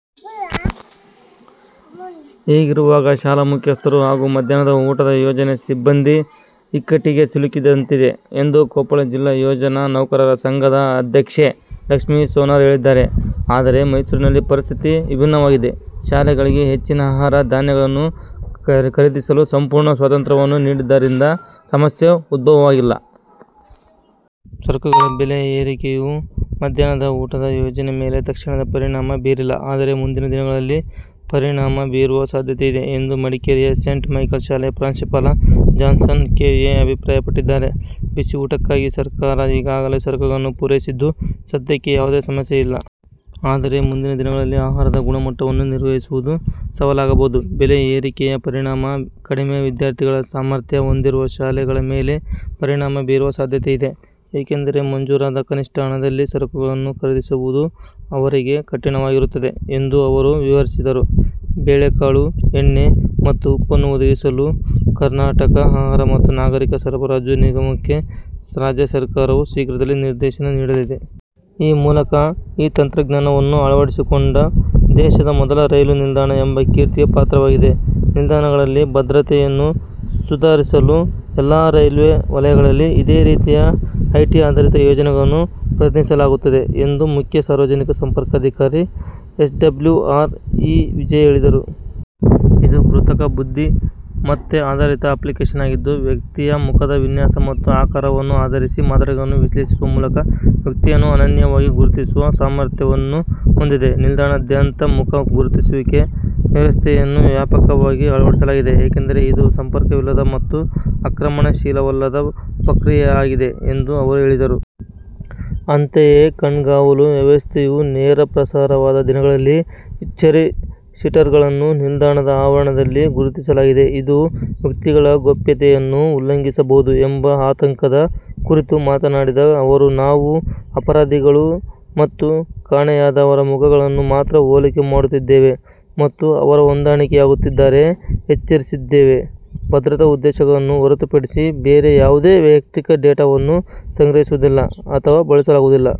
ಹೀಗಿರುವಾಗ, ಶಾಲಾ ಮುಖ್ಯಸ್ಥರು ಹಾಗೂ ಮಧ್ಯಾಹ್ನದ ಊಟದ ಯೋಜನೆ ಸಿಬ್ಬಂದಿ ಇಕ್ಕಟ್ಟಿಗೆ ಸಿಲುಕಿಸಿದಂತಿದೆ ಎಂದು ಕೊಪ್ಪಳ ಜಿಲ್ಲಾ ಯೋಜನಾ ನೌಕರರ ಸಂಘದ ಅಧ್ಯಕ್ಷೆ ಲಕ್ಷ್ಮೀ ಸೋನಾರ್ ಹೇಳಿದ್ದಾರೆ. ಆದರೆ ಮೈಸೂರಿನಲ್ಲಿ ಪರಿಸ್ಥಿತಿ ವಿಭಿನ್ನವಾಗಿದೆ. ಶಾಲೆಗಳಿಗೆ ಹೆಚ್ಚಿನ ಆಹಾರ ಧಾನ್ಯಗಳನ್ನು ಖರೀದಿಸಲು ಸಂಪೂರ್ಣ ಸ್ವಾತಂತ್ರ್ಯವನ್ನು ನೀಡಿದ್ದರಿಂದ ಸಮಸ್ಯೆ ಉದ್ಭವವಾಗಿಲ್ಲ. ಸರಕುಗಳ ಬೆಲೆ ಏರಿಕೆಯು ಮಧ್ಯಾಹ್ನದ ಊಟದ ಯೋಜನೆ ಮೇಲೆ ತಕ್ಷಣದ ಪರಿಣಾಮ ಬೀರಿಲ್ಲ, ಆದರೆ ಮುಂದಿನ ದಿನಗಳಲ್ಲಿ ಪರಿಣಾಮ ಬೀರುವ ಸಾಧ್ಯತೆಯಿದೆ ಎಂದು ಮಡಿಕೇರಿಯ ಸೇಂಟ್ ಮೈಕಲ್ ಶಾಲೆಯ ಪ್ರಾಂಶುಪಾಲ ಜಾನ್ಸನ್ ಕೆ. ಎ ಅಭಿಪ್ರಾಯಪಟ್ಟಿದ್ದಾರೆ. ಬಿಸಿಯೂಟಕ್ಕಾಗಿ ಸರ್ಕಾರ ಈಗಾಗಲೇ ಸರಕುಗಳನ್ನು ಪೂರೈಸಿದ್ದು, ಸದ್ಯಕ್ಕೆ ಯಾವುದೇ ಸಮಸ್ಯೆ ಇಲ್ಲ. ಆದರೆ ಮುಂದಿನ ದಿನಗಳಲ್ಲಿ ಆಹಾರದ ಗುಣಮಟ್ಟವನ್ನು ನಿರ್ವಹಿಸುವುದು ಸವಾಲಾಗಬಹುದು. ಬೆಲೆ ಏರಿಕೆಯ ಪರಿಣಾಮ ಕಡಿಮೆ ವಿದ್ಯಾರ್ಥಿಗಳ ಸಾಮರ್ಥ್ಯ ಹೊಂದಿರುವ ಶಾಲೆಗಳ ಮೇಲೆ ಪರಿಣಾಮ ಬೀರುವ ಸಾಧ್ಯತೆಯಿದೆ. ಏಕೆಂದರೆ ಮಂಜೂರಾದ ಕನಿಷ್ಠ ಹಣದಲ್ಲಿ ಸರಕುಗಳನ್ನು ಖರೀದಿಸುವುದು ಅವರಿಗೆ ಕಠಿಣವಾಗಿರುತ್ತದೆ ಎಂದು ಅವರು ವಿವರಿಸಿದರು. ಬೇಳೆಕಾಳು, ಎಣ್ಣೆ ಮತ್ತು ಉಪ್ಪನ್ನು ಒದಗಿಸಲು ಕರ್ನಾಟಕ ಆಹಾರ ಮತ್ತು ನಾಗರಿಕ ಸರಬರಾಜು ನಿಗಮಕ್ಕೆ ರಾಜ್ಯ ಸರ್ಕಾರವು ಶೀಘ್ರದಲ್ಲೇ ನಿರ್ದೇಶನ ನೀಡಲಿದೆ. ಆ ಮೂಲಕ ಈ ತಂತ್ರಜ್ಞಾನವನ್ನು ಅಳವಡಿಸಿಕೊಂಡ ದೇಶದ ಮೊದಲ ರೈಲು ನಿಲ್ದಾಣ ಎಂಬ ಕೀರ್ತಿಗೆ ಪಾತ್ರವಾಗಿದೆ. ನಿಲ್ದಾಣಗಳಲ್ಲಿ ಭದ್ರತೆಯನ್ನು ಸುಧಾರಿಸಲು ಎಲ್ಲಾ ರೈಲ್ವೆ ವಲಯಗಳಲ್ಲಿ ಇದೇ ರೀತಿಯ ಐಟಿ ಆಧಾರಿತ ಯೋಜನೆಗಳನ್ನು ಪ್ರಯತ್ನಿಸಲಾಗುತ್ತಿದೆ ಎಂದು ಮುಖ್ಯ ಸಾರ್ವಜನಿಕ ಸಂಪರ್ಕ ಅಧಿಕಾರಿ, ಎಸ್ಡಬ್ಲ್ಯುಆರ್, ಇ ವಿಜಯ ಹೇಳಿದರು. 'ಇದು ಕೃತಕ ಬುದ್ಧಿಮತ್ತೆ ಆಧಾರಿತ ಅಪ್ಲಿಕೇಶನ್ ಆಗಿದ್ದು, ವ್ಯಕ್ತಿಯ ಮುಖದ ವಿನ್ಯಾಸ ಮತ್ತು ಆಕಾರವನ್ನು ಆಧರಿಸಿ ಮಾದರಿಗಳನ್ನು ವಿಶ್ಲೇಷಿಸುವ ಮೂಲಕ ವ್ಯಕ್ತಿಯನ್ನು ಅನನ್ಯವಾಗಿ ಗುರುತಿಸುವ ಸಾಮರ್ಥ್ಯವನ್ನು ಹೊಂದಿದೆ. ನಿಲ್ದಾಣದಾದ್ಯಂತ ಮುಖ ಗುರುತಿಸುವಿಕೆ ವ್ಯವಸ್ಥೆಯನ್ನು ವ್ಯಾಪಕವಾಗಿ ಅಳವಡಿಸಲಾಗಿದೆ. ಏಕೆಂದರೆ ಇದು ಸಂಪರ್ಕವಿಲ್ಲದ ಮತ್ತು ಆಕ್ರಮಣಶೀಲವಲ್ಲದ ಪ್ರಕ್ರಿಯೆಯಾಗಿದೆ ಎಂದು ಅವರು ಹೇಳಿದರು. ಅಂತೆಯೇ ಕಣ್ಗಾವಲು ವ್ಯವಸ್ಥೆಯು ನೇರ ಪ್ರಸಾರವಾದ ದಿನಗಳಲ್ಲಿ, ಹಿಸ್ಚರಿ-ಶೀಟರ್ಗಳನ್ನು ನಿಲ್ದಾಣದ ಆವರಣದಲ್ಲಿ ಗುರುತಿಸಲಾಗಿದೆ. ಇದು ವ್ಯಕ್ತಿಗಳ ಗೌಪ್ಯತೆಯನ್ನು ಉಲ್ಲಂಘಿಸಬಹುದು ಎಂಬ ಆತಂಕದ ಕುರಿತು ಮಾತನಾಡಿದ ಅವರು, 'ನಾವು ಅಪರಾಧಿಗಳ ಮತ್ತು ಕಾಣೆಯಾದವರ ಮುಖಗಳನ್ನು ಮಾತ್ರ ಹೋಲಿಕೆ ಮಾಡುತ್ತಿದ್ದೇವೆ ಮತ್ತು ಅವರ ಹೊಂದಾಣಿಕೆಯಾಗುತ್ತಿದ್ದರೆ ಎಚ್ಚರಿಸುತ್ತಿದ್ದೇವೆ. ಭದ್ರತಾ ಉದ್ದೇಶಗಳನ್ನು ಹೊರತುಪಡಿಸಿ ಬೇರೆ ಯಾವುದೇ ವೈಯಕ್ತಿಕ ಡೇಟಾವನ್ನು ಸಂಗ್ರಹಿಸುವುದಿಲ್ಲ ಅಥವಾ ಬಳಸಲಾಗುವುದಿಲ್ಲ.